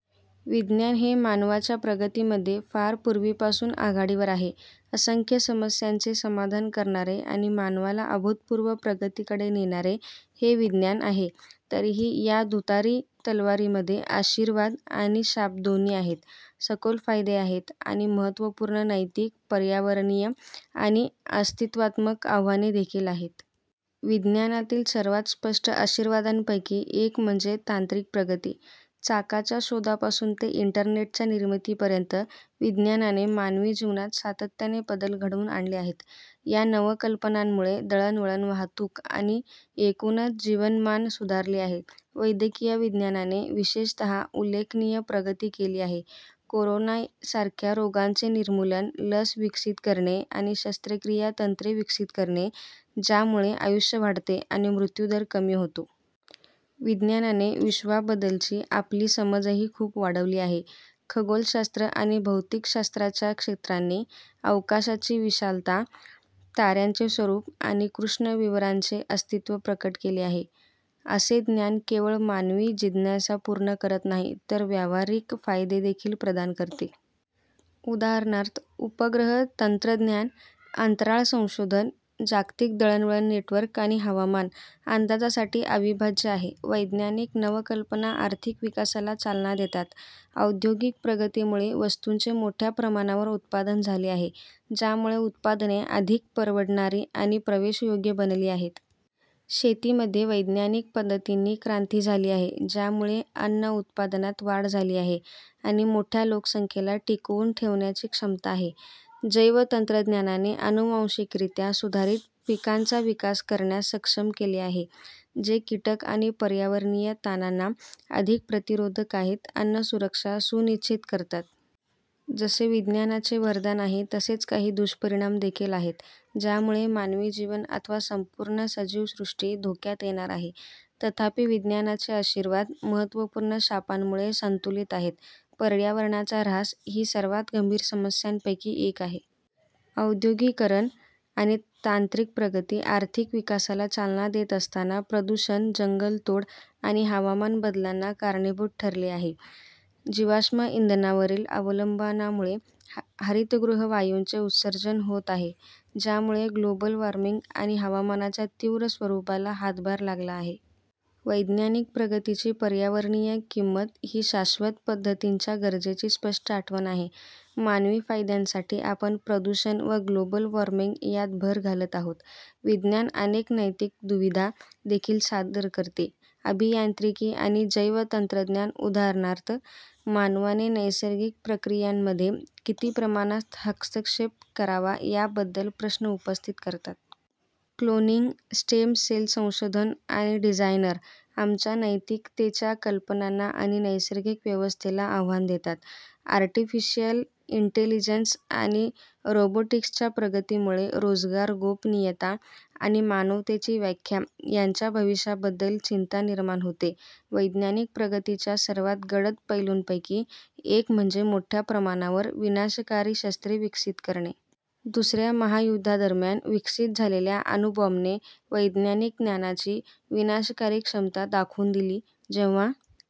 विज्ञान हे मानवाच्या प्रगतीमध्ये फार पूर्वीपासून आघाडीवर आहे, असंख्य समस्यांचे समाधान करणारे आणि मानवाला अभूतपूर्व प्रगतीकडे नेणारे हे विज्ञान आहे. तरीही, या दुधारी तलवारीमध्ये आशीर्वाद आणि शाप दोन्ही आहेत, सखोल फायदे आहेत आणि महत्त्वपूर्ण नैतिक, पर्यावरणीय आणि अस्तित्वात्मक आव्हाने देखील आहेत. विज्ञानातील सर्वात स्पष्ट आशीर्वादांपैकी एक म्हणजे तांत्रिक प्रगती. चाकाच्या शोधापासून ते इंटरनेटच्या निर्मितीपर्यंत विज्ञानाने मानवी जीवनात सातत्याने बदल घडवून आणले आहेत. या नवकल्पनांमुळे दळणवळण, वाहतूक आणि एकूणच जीवनमान सुधारले आहे. वैद्यकीय विज्ञानाने, विशेषतः, उल्लेखनीय प्रगती केली आहे, कोरोना सारख्या रोगांचे निर्मूलन, लस विकसित करणे आणि शस्त्रक्रिया तंत्रे विकसित करणे, ज्यामुळे आयुष्य वाढते आणि मृत्यू दर कमी होतो. विज्ञानाने विश्वाबद्दलची आपली समजही खूप वाढवली आहे. खगोलशास्त्र आणि भौतिकशास्त्राच्या क्षेत्रांनी अवकाशाची विशालता, ताऱ्यांचे स्वरूप आणि कृष्णविवरांचे अस्तित्व प्रकट केले आहे. असे ज्ञान केवळ मानवी जिज्ञासा पूर्ण करत नाही तर व्यावहारिक फायदे देखील प्रदान करते. उदाहरणार्थ, उपग्रह तंत्रज्ञान अंतराळ संशोधन, जागतिक दळणवळण नेटवर्क आणि हवामान अंदाजासाठी अविभाज्य आहे. वैज्ञानिक नवकल्पना आर्थिक विकासाला चालना देतात. औद्योगिक प्रगतीमुळे वस्तूंचे मोठ्या प्रमाणावर उत्पादन झाले आहे, ज्यामुळे उत्पादने अधिक परवडणारी आणि प्रवेशयोग्य बनली आहेत. शेतीमध्ये वैज्ञानिक पद्धतींनी क्रांती झाली आहे, ज्यामुळे अन्न उत्पादनात वाढ झाली आहे आणि मोठ्या लोकसंख्येला टिकवून ठेवण्याची क्षमता आहे. जैवतंत्रज्ञानाने अनुवांशिकरित्या सुधारित पिकांचा विकास करण्यास सक्षम केले आहे, जे कीटक आणि पर्यावरणीय ताणांना अधिक प्रतिरोधक आहेत, अन्न सुरक्षा सुनिश्चित करतात. जसे विज्ञानाचे वरदान आहे तसेच काही दुष्परिणाम देखील आहेत, ज्यामुळे मानवी जीवन अथवा संपूर्ण सजीव सृष्टी धोक्यात येणार आहे, तथापि, विज्ञानाचे आशीर्वाद महत्त्वपूर्ण शापांमुळे संतुलित आहेत. पर्यावरणाचा ऱ्हास ही सर्वात गंभीर समस्यांपैकी एक आहे. औद्योगिकीकरण आणि तांत्रिक प्रगती, आर्थिक विकासाला चालना देत असताना, प्रदूषण, जंगलतोड आणि हवामान बदलांना कारणीभूत ठरले आहे. जीवाश्म इंधनावरील अवलंबनामुळे हरितगृह वायूंचे उत्सर्जन होत आहे, ज्यामुळे ग्लोबल वॉर्मिंग आणि हवामानाच्या तीव्र स्वरूपाला हातभार लागला आहे. वैज्ञानिक प्रगतीची पर्यावरणीय किंमत ही शाश्वत पद्धतींच्या गरजेची स्पष्ट आठवण आहे. मानवी फायद्यांसाठी आपण प्रदूषण व ग्लोबल वॉर्मिंग यात भर घालत आहोत. विज्ञान अनेक नैतिक दुविधा देखील सादर करते. अभियांत्रिकी आणि जैवतंत्रज्ञान, उदाहरणार्थ, मानवाने नैसर्गिक प्रक्रियांमध्ये किती प्रमाणात हस्तक्षेप करावा याबद्दल प्रश्न उपस्थित करतात. क्लोनिंग, स्टेम सेल संशोधन आणि डिझायनर, आमच्या नैतिकतेच्या कल्पनांना आणि नैसर्गिक व्यवस्थेला आव्हान देतात. आर्टिफिशियल इंटेलिजन्स आणि रोबोटिक्सच्या प्रगतीमुळे रोजगार, गोपनीयता आणि मानवतेची व्याख्या यांच्या भविष्याबद्दल चिंता निर्माण होते. वैज्ञानिक प्रगतीच्या सर्वात गडद पैलूंपैकी एक म्हणजे मोठ्या प्रमाणावर विनाशकारी शस्त्रे विकसित करणे. दुसऱ्या महायुद्धादरम्यान विकसित झालेल्या अणुबॉम्बने वैज्ञानिक ज्ञानाची विनाशकारी क्षमता दाखवून दिली जेव्हा